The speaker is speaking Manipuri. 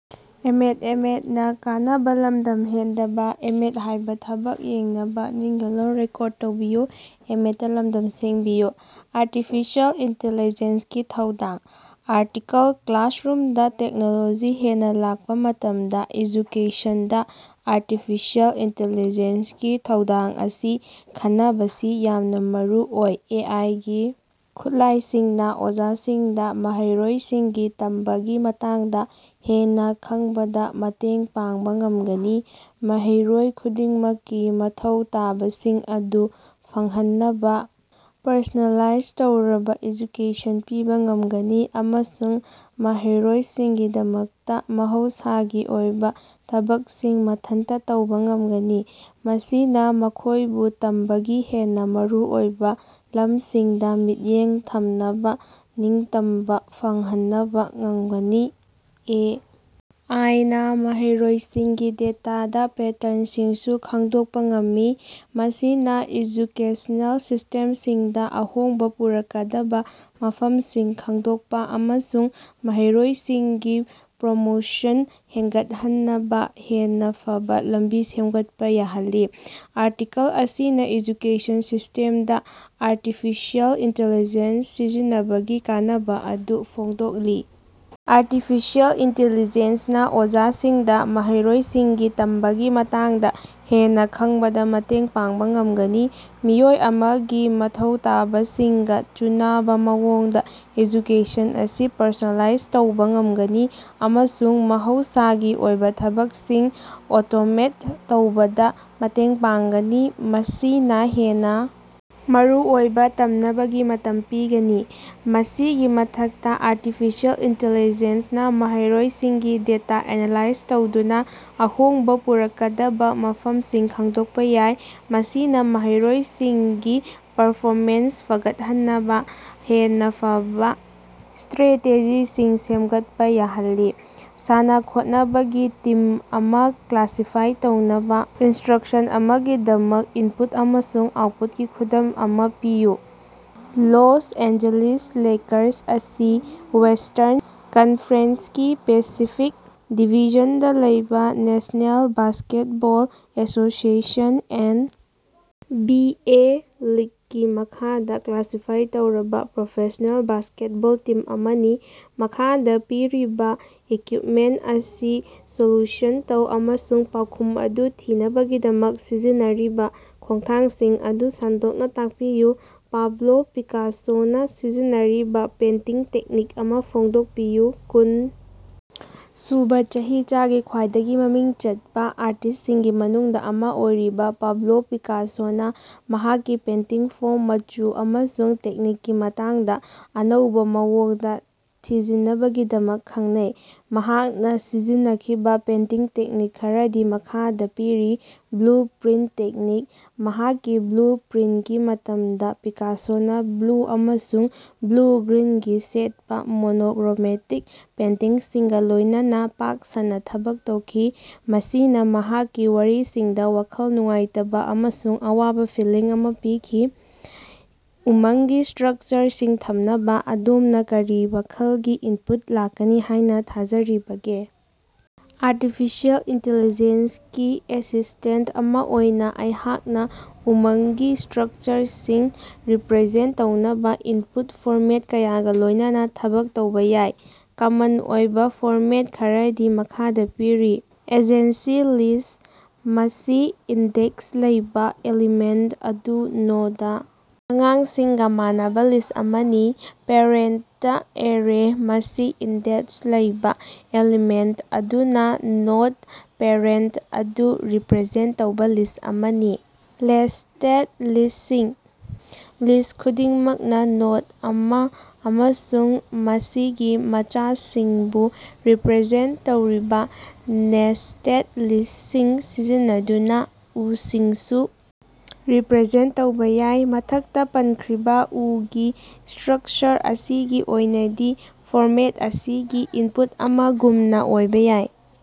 ꯑꯥꯔꯇꯤꯐꯤꯁꯤꯑꯦꯜ ꯏꯟꯇꯤꯂꯤꯖꯦꯟꯁ ꯒꯤ ꯊꯧꯗꯥꯡ꯫ ꯑꯥꯔꯇꯤꯀꯜ: ꯀ꯭ꯂꯥꯁꯔꯨꯝꯗꯥ ꯇꯦꯛꯅꯣꯂꯣꯖꯤ ꯍꯦꯟꯅꯥ ꯂꯥꯛꯄ ꯃꯇꯝꯗ ꯑꯦꯖꯨꯀꯦꯁꯟꯗ ꯑꯥꯔꯇꯤꯐꯤꯁꯤꯑꯦꯜ ꯏꯟꯇꯤꯂꯤꯖꯦꯟꯁ ꯒꯤ ꯊꯧꯗꯥꯡ ꯑꯁꯤ ꯈꯟꯅꯕꯁꯤ ꯌꯥꯝꯅꯥ ꯃꯔꯨꯑꯣꯏ꯫ ꯑꯦ ꯑꯥꯏ ꯒꯤ ꯈꯨꯠꯂꯥꯏꯁꯤꯡꯅ ꯑꯣꯖꯥꯁꯤꯡꯗ ꯃꯍꯩꯔꯣꯏꯁꯤꯡꯒꯤ ꯇꯝꯕꯒꯤ ꯃꯇꯥꯡꯗ ꯍꯦꯟꯅ ꯈꯪꯕꯗꯥ ꯃꯇꯦꯡ ꯄꯥꯡꯕ ꯉꯝꯒꯅꯤ, ꯃꯍꯩꯔꯣꯏ ꯈꯨꯗꯤꯡꯃꯛꯀꯤ ꯃꯊꯧ ꯇꯥꯕꯁꯤꯡ ꯑꯗꯨ ꯐꯪꯍꯟꯅꯕꯥ ꯄꯔꯁꯣꯅꯦꯂꯥꯏꯖ ꯇꯧꯔꯕꯥ ꯑꯦꯖꯨꯀꯦꯁꯟ ꯄꯤꯕ ꯉꯝꯒꯅꯤ ꯑꯃꯁꯨꯡ ꯃꯍꯩꯔꯣꯏꯁꯤꯡꯒꯤꯗꯃꯛꯇꯥ ꯃꯍꯧꯁꯥꯒꯤ ꯑꯣꯏꯕ ꯊꯕꯛꯁꯤꯡ ꯃꯊꯟꯇ ꯇꯧꯕ ꯉꯝꯒꯅꯤ꯫ꯃꯁꯤꯅꯥ ꯃꯈꯣꯏꯕꯨ ꯇꯝꯕꯒꯤ ꯍꯦꯟꯅ ꯃꯔꯨꯑꯣꯏꯕ ꯂꯝꯁꯤꯡꯗ ꯃꯤꯠꯌꯦꯡ ꯊꯝꯅꯕ ꯅꯤꯡꯇꯝꯕ ꯐꯪꯍꯅꯕ ꯉꯝꯒꯅꯤ꯫ ꯑꯦ. ꯑꯥꯏ. ꯅꯥ ꯃꯍꯩꯔꯣꯏꯁꯤꯡꯒꯤ ꯗꯦꯇꯥꯗꯥ ꯄꯦꯇꯔꯟꯁꯤꯡꯁꯨ ꯈꯪꯗꯣꯛꯄꯥ ꯉꯝꯃꯤ, ꯃꯁꯤꯅꯥ ꯑꯦꯖꯨꯀꯦꯁꯅꯦꯜ ꯁꯤꯁꯇꯦꯝꯁꯤꯡꯗ ꯑꯍꯣꯡꯕ ꯄꯨꯔꯛꯀꯗꯕ ꯃꯐꯝꯁꯤꯡ ꯈꯪꯗꯣꯛꯄ ꯑꯃꯁꯨꯡ ꯃꯍꯩꯔꯣꯏꯁꯤꯡꯒꯤ ꯄꯔꯐꯣꯃꯦꯟꯁ ꯍꯦꯅꯒꯠꯍꯟꯅꯕꯥ ꯍꯦꯟꯅ ꯐꯕ ꯂꯝꯕꯤ ꯁꯦꯝꯒꯠꯄ ꯌꯥꯍꯜꯂꯤ꯫ ꯑꯥꯔꯇꯤꯀꯜ ꯑꯁꯤꯅꯥ ꯑꯦꯖꯨꯀꯦꯁꯟ ꯁꯤꯁꯇꯦꯝꯗ ꯑꯥꯔꯇꯤꯐꯤꯁꯤꯑꯦꯜ ꯏꯟꯇꯦꯂꯤꯖꯦꯟꯁ ꯁꯤꯖꯤꯟꯅꯕꯒꯤ ꯀꯥꯟꯅꯕꯥ ꯑꯗꯨ ꯐꯣꯡꯗꯣꯛꯂꯤ꯫ ꯑꯥꯔꯇꯤꯐꯤꯁꯤꯑꯦꯜ ꯏꯟꯇꯤꯂꯤꯖꯦꯟꯁ ꯅꯥ ꯑꯣꯖꯥꯁꯤꯡꯗꯥ ꯃꯍꯩꯔꯣꯏꯁꯤꯡꯒꯤ ꯇꯝꯕꯒꯤ ꯃꯇꯥꯡꯗꯥ ꯍꯦꯟꯅꯥ ꯈꯪꯕꯗ ꯃꯇꯦꯡ ꯄꯥꯡꯕꯥ ꯉꯝꯒꯅꯤ, ꯃꯤꯑꯣꯏ ꯑꯃꯒꯤ ꯃꯊꯧ ꯇꯥꯕꯁꯤꯡꯒ ꯆꯨꯅꯕ ꯃꯑꯣꯡꯗ ꯑꯦꯖꯨꯀꯦꯁꯟ ꯑꯁꯤ ꯄꯔꯁꯣꯅꯦꯂꯥꯏꯖ ꯇꯧꯕꯥ ꯉꯝꯒꯅꯤ ꯑꯃꯁꯨꯡ ꯃꯍꯧꯁꯥꯒꯤ ꯑꯣꯏꯕ ꯊꯕꯛꯁꯤꯡ ꯑꯣꯇꯣꯃꯦꯠ ꯇꯧꯕꯗꯥ ꯃꯇꯦꯡ ꯄꯥꯡꯒꯅꯤ, ꯃꯁꯤꯅꯥ ꯍꯦꯟꯅ ꯃꯔꯨꯑꯣꯏꯕ ꯇꯝꯅꯕꯒꯤ ꯃꯇꯝ ꯄꯤꯒꯅꯤ꯫ ꯃꯁꯤꯒꯤ ꯃꯊꯛꯇꯥ ꯑꯥꯔꯇꯤꯐꯤꯁꯤꯑꯦꯜ ꯏꯟꯇꯤꯂꯤꯖꯦꯟꯁ ꯅꯥ ꯃꯍꯩꯔꯣꯏꯁꯤꯡꯒꯤ ꯗꯦꯇꯥ ꯑꯦꯅꯥꯂꯥꯏꯖ ꯇꯧꯗꯨꯅꯥ ꯑꯍꯣꯡꯕ ꯄꯨꯔꯛꯀꯗꯕ ꯃꯐꯃꯁꯤꯡ ꯈꯪꯗꯣꯛꯄꯥ ꯌꯥꯏ, ꯃꯁꯤꯅꯥ ꯃꯍꯩꯔꯣꯏꯁꯤꯡꯒꯤ ꯄꯔꯐꯣꯃꯦꯟꯁ ꯐꯒꯠꯍꯟꯅꯕꯥ ꯍꯦꯟꯅꯥ ꯐꯕꯥ ꯁ꯭ꯠꯔꯦꯇꯦꯖꯤꯁꯤꯡ ꯁꯦꯝꯒꯠꯄꯥ ꯌꯥꯍꯜꯂꯤ꯫ ꯁꯥꯟꯅ-ꯈꯣꯠꯅꯕꯒꯤ ꯇꯤꯝ ꯑꯃ ꯀ꯭ꯂꯥꯁꯤꯐꯥꯏ ꯇꯧꯅꯕ ꯏꯅꯁꯇ꯭ꯔꯛꯁꯟ ꯑꯃꯒꯤꯗꯃꯛ ꯏꯟꯄꯨꯠ ꯑꯃꯁꯨꯡ ꯑꯥꯎꯠꯄꯨꯠꯀꯤ ꯈꯨꯗꯝ ꯑꯃꯥ ꯄꯤꯌꯨ꯫ ꯂꯣꯁ ꯑꯦꯟꯖꯦꯂꯤꯁ ꯂꯦꯀꯔꯁ ꯑꯁꯤ ꯋꯦꯁꯇꯔꯟ ꯀꯟꯐꯔꯦꯟꯁꯀꯤ ꯄꯦꯁꯤꯐꯤꯛ ꯗꯤꯕꯤꯖꯟꯗꯥ ꯂꯩꯕꯥ national basketball association (N. B. A.) ꯂꯤꯒꯀꯤ ꯃꯈꯥꯗꯥ ꯀ꯭ꯂꯥꯁꯤꯐꯥꯏ ꯇꯧꯔꯕꯥ ꯄ꯭ꯔꯣꯐꯦꯁꯅꯦꯜ ꯕꯥꯁꯀꯦꯠꯕꯣꯜ ꯇꯤꯝ ꯑꯃꯅꯤ꯫ ꯃꯈꯥꯗꯥ ꯄꯤꯔꯤꯕꯥ ꯏꯀ꯭ꯌꯨꯏꯞꯃꯦꯟꯇ ꯑꯁꯤ ꯁꯣꯜꯌꯨꯁꯟ ꯇꯧ ꯑꯃꯁꯨꯡ ꯄꯥꯎꯈꯨꯝ ꯑꯗꯨ ꯊꯤꯅꯕꯒꯤꯗꯃꯛ ꯁꯤꯖꯤꯟꯅꯔꯤꯕꯥ ꯈꯣꯡꯊꯥꯡꯁꯤꯡ ꯑꯗꯨ ꯁꯟꯗꯣꯛꯅꯥ ꯇꯥꯛꯄꯤꯌꯨ꯫ ꯄꯥꯕꯂꯣ ꯄꯤꯀꯥꯁꯣꯅꯥ ꯁꯤꯖꯤꯟꯅꯔꯤꯕ ꯄꯦꯟꯇꯤꯡ ꯇꯦꯛꯅꯤꯛ ꯑꯃꯥ ꯐꯣꯡꯗꯣꯛꯄꯤꯌꯨ꯫ ꯀꯨꯟ ꯁꯨꯕꯥ ꯆꯍꯤꯆꯥꯒꯤ ꯈ꯭ꯋꯥꯏꯗꯒꯤ ꯃꯃꯤꯡ ꯆꯠꯄꯥ ꯑꯥꯔꯇꯤꯁꯁꯤꯡꯒꯤ ꯃꯅꯨꯡꯗꯥ ꯑꯃꯥ ꯑꯣꯏꯔꯤꯕꯥ ꯄꯥꯕꯂꯣ ꯄꯤꯀꯥꯁꯣꯅꯥ ꯃꯍꯥꯛꯀꯤ ꯄꯦꯟꯇꯤꯡꯗ ꯐꯣꯝ, ꯃꯆꯨ ꯑꯃꯁꯨꯡ ꯇꯦꯛꯅꯤꯛꯀꯤ ꯃꯇꯥꯡꯗꯥ ꯑꯅꯧꯕꯥ ꯃꯑꯣꯡꯗꯥ ꯊꯤꯖꯤꯟꯅꯕꯒꯤꯗꯃꯛ ꯈꯪꯅꯩ꯫ ꯃꯍꯥꯛꯅꯥ ꯁꯤꯖꯤꯟꯅꯈꯤꯕꯥ ꯄꯦꯟꯇꯤꯡ ꯇꯦꯛꯅꯤꯛ ꯈꯔꯗꯤ ꯃꯈꯥꯗꯥ ꯄꯤꯔꯤ: ꯕ꯭ꯂꯨ ꯄꯤꯔꯤꯌꯗ ꯇꯦꯛꯅꯤꯛ: ꯃꯍꯥꯛꯀꯤ ꯕ꯭ꯂꯨ ꯄꯤꯔꯤꯌꯗꯒꯤ ꯃꯇꯝꯗꯥ ꯄꯤꯀꯥꯁꯣꯅꯥ ꯕ꯭ꯂꯨ ꯑꯃꯁꯨꯡ ꯕ꯭ꯂꯨ-ꯒ꯭ꯔꯤꯟꯒꯤ ꯁꯦꯠꯄꯥ ꯃꯣꯅꯣꯛꯔꯣꯃꯦꯇꯤꯛ ꯄꯦꯟꯇꯤꯡꯁꯤꯡꯒꯥ ꯂꯣꯏꯅꯅ ꯄꯥꯛ ꯁꯟꯅꯥ ꯊꯕꯛ ꯇꯧꯈꯤ, ꯃꯁꯤꯅ ꯃꯍꯥꯛꯀꯤ ꯋꯥꯔꯤꯁꯤꯡꯗ ꯋꯥꯈꯜ ꯅꯨꯡꯉꯥꯏꯇꯕ ꯑꯃꯁꯨꯡ ꯑꯋꯥꯕ ꯐꯤꯜꯂꯤꯡ ꯑꯃ ꯄꯤꯈꯤ꯫ ꯎꯃꯪꯒꯤ ꯏꯁꯇ꯭ꯔꯛꯆꯔꯁꯤꯡ ꯊꯝꯅꯕ ꯑꯗꯣꯝꯅ ꯀꯔꯤ ꯃꯈꯜꯒꯤ ꯏꯟꯄꯨꯠ ꯂꯥꯛꯀꯅꯤ ꯍꯥꯏꯅ ꯊꯥꯖꯔꯤꯕꯒꯦ? ꯑꯥꯔꯇꯤꯐꯤꯁꯤꯑꯦꯜ ꯏꯟꯇꯤꯂꯤꯖꯦꯟꯁ ꯒꯤ ꯑꯦꯁꯤꯁꯇꯦꯟꯇ ꯑꯃꯥ ꯑꯣꯏꯅꯥ ꯑꯩꯍꯥꯛꯅ ꯎꯃꯪꯒꯤ ꯏꯁꯇ꯭ꯔꯛꯆꯔꯁꯤꯡ ꯔꯤꯄ꯭ꯔꯖꯦꯟꯇ ꯇꯧꯅꯕꯥ ꯏꯟꯄꯨꯠ ꯐꯣꯔꯃꯦꯠ ꯀꯌꯥꯒꯥ ꯂꯣꯏꯅꯅ ꯊꯕꯛ ꯇꯧꯕꯥ ꯌꯥꯏ꯫ ꯀꯃꯟ ꯑꯣꯏꯕꯥ ꯐꯣꯔꯃꯦꯠ ꯈꯔꯗꯤ ꯃꯈꯥꯗꯥ ꯄꯤꯔꯤ: ꯑꯦꯗꯖꯦꯟꯁꯤ ꯂꯤꯁ: ꯃꯁꯤ ꯏꯟꯗꯦꯛꯁ ꯂꯩꯕꯥ ꯑꯦꯂꯤꯃꯦꯟꯇ ꯑꯗꯨ ꯅꯣꯗ ꯑꯉꯥꯡꯁꯤꯡꯒꯥ ꯃꯥꯟꯅꯕꯥ ꯂꯤꯁ ꯑꯃꯅꯤ꯫ ꯄꯦꯔꯦꯟꯇ ꯑꯦꯔꯦ: ꯃꯁꯤ ꯏꯟꯗꯦꯛꯁ ꯂꯩꯕꯥ ꯑꯦꯂꯤꯃꯦꯟꯇ ꯑꯗꯨꯅ ꯅꯣꯗ ꯄꯦꯔꯦꯟꯇ ꯑꯗꯨ ꯔꯤꯄ꯭ꯔꯖꯦꯟꯇ ꯇꯧꯕꯥ ꯂꯤꯁ ꯑꯃꯅꯤ꯫ ꯅꯦꯁꯇꯦꯗ ꯂꯤꯁ꯭ꯇꯁꯤꯡ: ꯂꯤꯁ꯭ ꯈꯨꯗꯤꯡꯃꯛꯅꯥ ꯅꯣꯗ ꯑꯃꯥ ꯑꯃꯁꯨꯡ ꯃꯁꯤꯒꯤ ꯃꯆꯥꯁꯤꯡꯕꯨ ꯔꯤꯄ꯭ꯔꯖꯦꯟꯇ ꯇꯧꯔꯤꯕꯥ ꯅꯦꯁꯇꯦꯗ ꯂꯤꯁ꯭ꯇꯁꯤꯡ ꯁꯤꯖꯤꯟꯅꯗꯨꯅꯥ ꯎꯁꯤꯡꯁꯨ ꯔꯤꯄ꯭ꯔꯖꯦꯟꯇ ꯇꯧꯕꯥ ꯌꯥꯏ꯫ ꯃꯊꯛꯇꯥ ꯄꯟꯈ꯭ꯔꯤꯕꯥ ꯎꯒꯤ ꯏꯁꯇ꯭ꯔꯛꯆꯔ ꯑꯁꯤꯒꯤ ꯑꯣꯏꯅꯗꯤ, ꯐꯣꯔꯃꯦꯠ ꯑꯁꯤꯒꯤ ꯏꯟꯄꯨꯠ ꯑꯃ ꯒꯨꯝꯅꯥ ꯑꯣꯏꯕꯥ ꯌꯥꯏ꯫